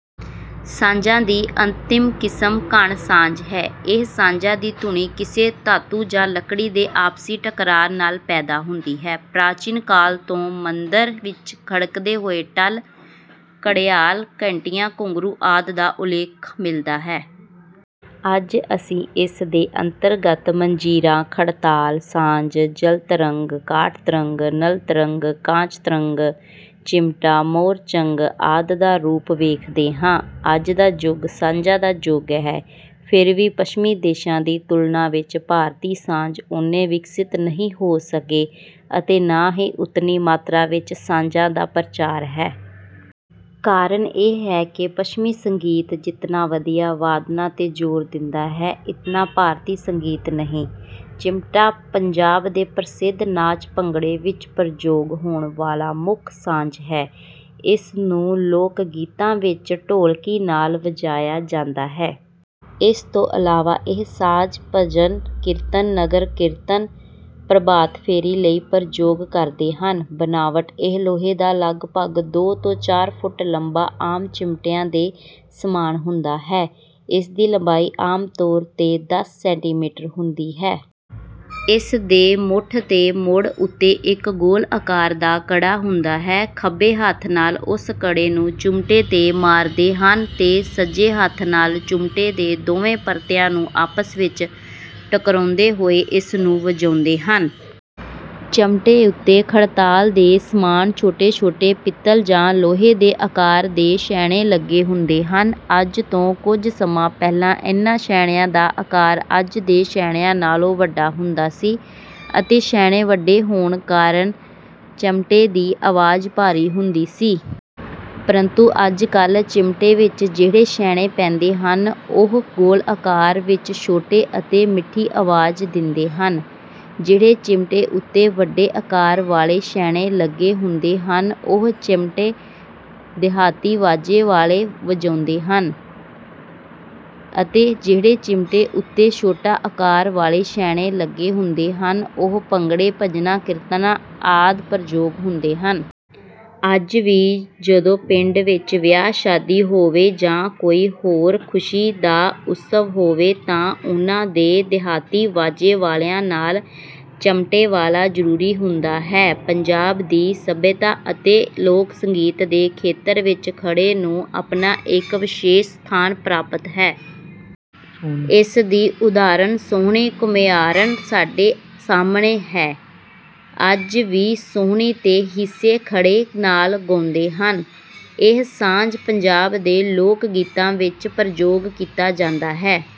ਸਾਜ਼ਾਂ ਦੀ ਅੰਤਿਮ ਕਿਸਮ ਘਣ ਸਾਜ਼ ਹੈ। ਇਨ੍ਹਾਂ ਸਾਜ਼ਾਂ ਦੀ ਧੁਨੀ ਕਿਸੇ ਧਾਤੂ ਜਾਂ ਲਕੜੀ ਦੇ ਆਪਸੀ ਟਕਰਾਅ ਨਾਲ ਪੈਦਾ ਹੁੰਦੀ ਹੈ। ਪ੍ਰਚੀਨ ਕਾਲ ਤੋਂ ਹੀ ਮੰਦਰਾਂ ਵਿੱਚ ਖੜਕਦੇ ਹੋਏ ਟੱਲ, ਘੜਿਆਲ, ਘੰਟੀਆਂ, ਘੁੰਗਰੂ ਆਦਿ ਦਾ ਉਲੇਖ ਮਿਲਦਾ ਹੈ। ਅੱਜ ਅਸੀਂ ਇਸ ਦੇ ਅੰਤਰਗਤ ਮੰਜੀਰਾ, ਖੜਤਾਲ, ਝਾਂਜ, ਜਲਤਰੰਗ, ਕਾਠ ਤਰੰਗ, ਨਲ ਤਰੰਗ, ਕਾਂਚ ਤਰੰਗ, ਚਿਮਟਾ, ਮੋਰਚੰਗ ਆਦਿ ਦਾ ਰੂਪ ਵੇਖਦੇ ਹਾ। ਅੱਜ ਦਾ ਯੁਗ ਸਾਜ਼ਾਂ ਦਾ ਯੁਗ ਹੈ| ਫ਼ਿਰ ਵੀ ਪੱਛਮੀ ਦੇਸ਼ਾਂ ਦੀ ਤੁਲਨਾ ਵਿੱਚ ਭਾਰਤੀ ਸਾਜ਼ ਉਨੇ ਵਿਕਸਿਤ ਨਹੀਂ ਹੋ ਸਕੇ ਅਤੇ ਨਾ ਹੀ ਉਤਨੀ ਮਾਤਰਾ ਵਿੱਚ ਸਾਜਾਂ ਦਾ ਪ੍ਰਚਾਰ ਹੈ। ਕਾਰਨ ਇਹ ਹੈ ਕਿ ਪੱਛਮੀ ਸੰਗੀਤ ਜਿਤਨਾ ਵਧਿਆ ਵਾਦਨ ਤੇ ਜ਼ੋਰ ਦਿੰਦਾ ਹੈ, ਇਤਨਾ ਭਾਰਤੀ ਸੰਗੀਤ ਨਹੀ। ਚਿਮਟਾ ਪੰਜਾਬ ਦੇ ਪ੍ਰਸਿੱਧ ਨਾਚ ਭੰਗੜੇ ਵਿੱਚ ਪ੍ਰਯੋਗ ਹੋਣ ਵਾਲਾ ਮੁਖ ਸਾਜ਼ ਹੈ। ਇਸ ਨੂੰ ਲੋਕ ਗੀਤਾਂ ਵਿੱਚ ਢੋਲਕੀ ਨਾਲ ਵਜਾਇਆ ਜਾਂਦਾ ਹੈ। ਇਸ ਤੋਂ ਇਲਾਵਾ ਇਹ ਸਾਜ਼ ਭਜਨ, ਕੀਰਤਨ, ਨਗਰ ਕੀਰਤਨ, ਪ੍ਰਭਾਤ ਫੇਰੀ ਲਈ ਵੀ ਪ੍ਰਯੋਗ ਕਰਦੇ ਹਨ। ਬਣਾਵਟ, ਇਹ ਲੋਹੇ ਦਾ ਲਗਭਗ ਦੋ ਤੋਂ ਚਾਰ ਫੁਟ ਲੰਬਾ ਆਮ ਚਿਮਟਿਆਂ ਦੇ ਸਮਾਨ ਹੁੰਦਾ ਹੈ। ਇਸ ਦੀ ਲੰਬਾਈ ਆਮ ਤੌਰ ਤੇ ਦਸ ਸੈਂਟੀਮੀਟਰ ਹੁੰਦੀ ਹੈ। ਇਸ ਦੇ ਮੁਠ ਦੇ ਮੋੜ ਉੱਤੇ ਇੱਕ ਗੋਲ ਆਕਾਰ ਦਾ ਕੜਾ ਹੁੰਦਾ ਹੈ। ਖੱਬੇ ਹੱਥ ਨਾਲ ਉਸ ਕੜੇ ਨੂੰ ਚਿਮਟੇ ਤੇ ਮਾਰਦੇ ਹਨ ਤੇ ਸੱਜੇ ਹੱਥ ਨਾਲ ਚਿਮਟੇ ਦੇ ਦੋਵੇਂ ਪਰਤਿਆਂ ਨੂੰ ਆਪਸ ਵਿੱਚ ਟਕਰਾਉਂਦੇ ਹੋਏ ਇਸ ਨੂੰ ਵਜਾਉਂਦੇ ਹਨ। ਚਿਮਟੇ ਉੱਤੇ ਖੜਤਾਲ ਦੇ ਸਮਾਨ ਛੋਟੇ-ਛੋਟੇ ਪਿਤਲ ਜਾਂ ਲੋਹੇ ਦੇ ਆਕਾਰ ਦੇ ਛੈਣੇ ਲੱਗੇ ਹੁੰਦੇ ਹਨ। ਅੱਜ ਤੋਂ ਕੁਝ ਸਮਾਂ ਪਹਿਲਾਂ ਇਨ੍ਹਾਂ ਛੈਣਿਆ ਦਾ ਆਕਾਰ ਅੱਜ ਦੇ ਛੈਣਿਆਂ ਨਾਲੋਂ ਵੱਡਾ ਹੁੰਦਾ ਸੀ ਅਤੇ ਛੈਣੇ ਵੱਡੇ ਹੋਣ ਕਾਰਨ ਚਿਮਟੇ ਦੀ ਆਵਾਜ਼ ਭਾਰੀ ਹੁੰਦੀ ਸੀ। ਪ੍ਰੰਤੂ ਅੱਜ ਕਲ੍ਹ ਚਿਮਟੇ ਵਿੱਚ ਜਿਹੜੇ ਛੈਣੇ ਪੈਂਦੇ ਹਨ ਉਹ ਗੋਲ ਆਕਾਰ ਵਿੱਚ ਛੋਟੇ ਅਤੇ ਮਿੱਠੀ ਆਵਾਜ਼ ਦਿੰਦੇ ਹਨ। ਜਿਹੜੇ ਚਿਮਟੇ ਉੱਤੇ ਵੱਡੇ ਆਕਾਰ ਵਾਲੇ ਛੈਣੇ ਲੱਗੇ ਹੁੰਦੇ ਹਨ ਉਹ ਚਿਮਟੇ ਦਿਹਾਤੀ ਵਾਜੇ ਵਾਲੇ ਵਜਾਉਂਦੇ ਹਨ ਅਤੇ ਜਿਹੜੇ ਚਿਮਟੇ ਉੱਤੇ ਛੋਟੇ ਆਕਾਰ ਵਾਲੇ ਛੈਣੇ ਲਗੇ ਹੁੰਦੇ ਹਨ ਉਹ ਭੰਗੜੇ, ਭਜਨਾਂ, ਕੀਰਤਨਾਂ ਵਿੱਚ ਪ੍ਰਯੋਗ ਹੁੰਦੇ ਹਨ। ਅੱਜ ਵੀ ਜਦੋਂ ਪਿੰਡ ਵਿੱਚ ਵਿਆਹ, ਸ਼ਾਦੀ ਹੋਵੇ ਜਾਂ ਕੋਈ ਹੋਰ ਖ਼ੁਸ਼ੀ ਦਾ ਉਤਸਵ ਹੋਵੇ ਤਾਂ ਉਹਨਾਂ ਦੇ ਦਿਹਾਤੀ ਵਾਜੇ ਵਾਲਿਆਂ ਦੇ ਨਾਲ ਚਿਮਟੇ ਵਾਲਾ ਜ਼ਰੂਰੀ ਹੁੰਦਾ ਹੈ। ਪੰਜਾਬ ਦੀ ਸੱਭਿਅਤਾ ਅਤੇ ਲੋਕ ਸੰਗੀਤ ਦੇ ਖੇਤਰ ਵਿੱਚ ਘੜੇ ਨੂੰ ਆਪਣਾ ਇੱਕ ਵਿਸ਼ੇਸ਼ ਸਥਾਨ ਪ੍ਰਾਪਤ ਹੈ। ਇਸ ਦੀ ਉਦਾਹਰਨ ਸੋਹਣੀ ਘੁਮਿਆਰਣ ਸਾਡੇ ਸਾਹਮਣੇ ਹੈ। ਅੱਜ ਵੀ ਸੋਹਣੀ ਦੇ ਕਿੱਸੇ ਘੜੇ ਨਾਲ ਗਾਉਂਦੇ ਹਨ। ਇਹ ਸਾਜ਼ ਪੰਜਾਬ ਦੇ ਲੋਕ-ਗੀਤਾਂ ਵਿੱਚ ਪ੍ਰਯੋਗ ਕੀਤਾ ਜਾਂਦਾ ਹੈ।